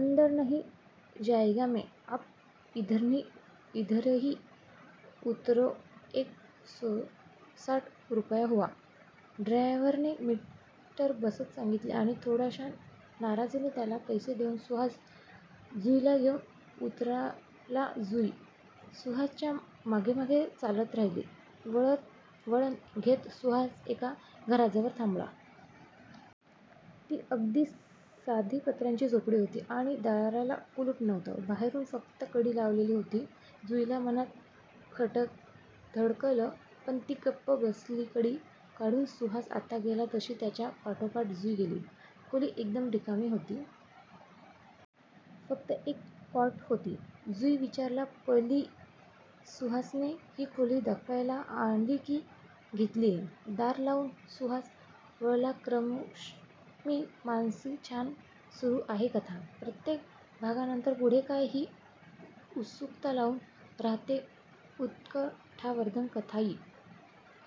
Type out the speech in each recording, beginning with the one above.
"अंदर नही जायेगा मै. आप इधरही उतरोएकसोसाठ रुपया हुवा. " ड्रॉयव्हरने मीटर बघत सांगितलं आणि थोड्याशा नाराजीने त्याला पैसे देऊन सुहास जुईला घेऊन उतरलाजुई सुहासच्या मागेमागे चालत राहिली. वळणं वळणं घेत सुहास एका घराजवळ थांबला. ती अगदी साधी पत्र्याची झोपडी होती. आणि दाराला कुलूप नव्हतं. बाहेरून फक्त कडी लावलेली होती. जुईला मनांत खटकलं, पण ती गप्प बसलीकडी काढून सुहास आत गेला तशी त्याच्या पाठोपाठ जुई गेली. खोली एकदम रिकामी होती. फक्त एक कॉट होती. जुई विचारात पडलीसुहासने ही खोली दाखवायला आणलीय कि घेतलीय? दार लावून सुहास वळलाक्रमशःमी मानसीछान सुरू आहे कथा. प्रत्येक भागानंतर पुढे काय, ही उत्सुकता लागून राहतेउत्कंठावर्धक कथाही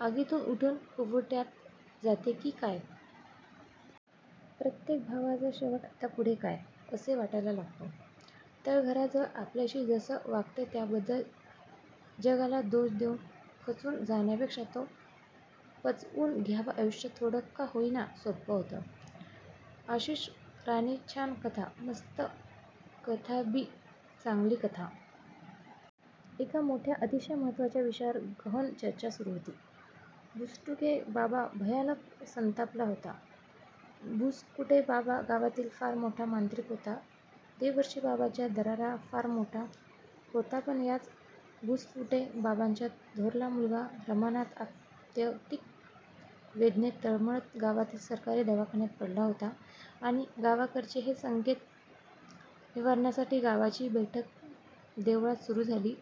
आगीतून उठून फुफाट्यात जाते की काय???? प्रत्येक भागाचा शेवट "आता पुढे काय? " असे वाटायला लावतो! तळघरजग आपल्याशी जसं वागतंय त्याबद्दल जगाला दोष देवून खचून जाण्यापेक्षा ते पचवून घ्यावंआयुष्य थोडं का होईना सोप्पं होतं. आशिष राणेछान कथा. मस्त कथाबीजचांगली कथा.. एका मोठ्या अतिशय महत्त्वाच्या विषयावर गहन चर्चा सुरू होती. भुस्कूटे बाबा भयानक संतापला होता. भुसकुटे बाबा गावातील फार मोठा मांत्रिक होता. देवर्षी बाबाचा दरारा फार मोठा होतापण याच भुसकुटे बाबाचा थोरला मुलगा रमानाथ आत्यंतिक वेदनेत तळमळत गावातील सरकारी दवाखान्यात पडला होता, आणि गावावरचे हे संकट निवारण्यासाठी गावाची बैठक देवळात सुरू झाली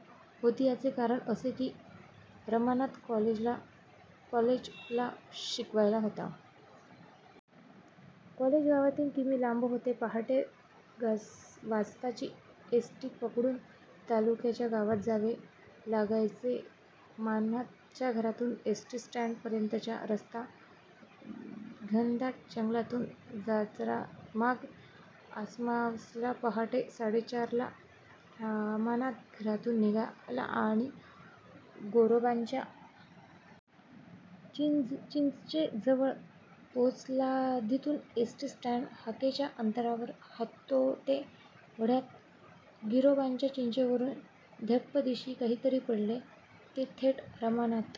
होतीयाचे कारण असे की रमानाथ कॉलेज ला शिकायला होता. कॉलेज गावातून किमी लांब होते. पहाटे. वाजताची एस टी पकडून तालुक्याच्या गावात जावे लागायचेरमानाथ च्या घरातून एस टी स्टँड पर्यंतचा रस्ता घनदाट जंगलातून जायचातर माघ अमावास्येला पहाटे साडेचार ला रमानाथ घरातून निघालाआणि गिरोबाच्या चिंचेजवळ पोहोचलातिथून एस टी स्टँड हाकेच्या अंतरावर होतातेवढ्यात गिरोबाच्या चिंचेवरून धप्पदिशी काहीतरी पडले, ते थेट रमानाथ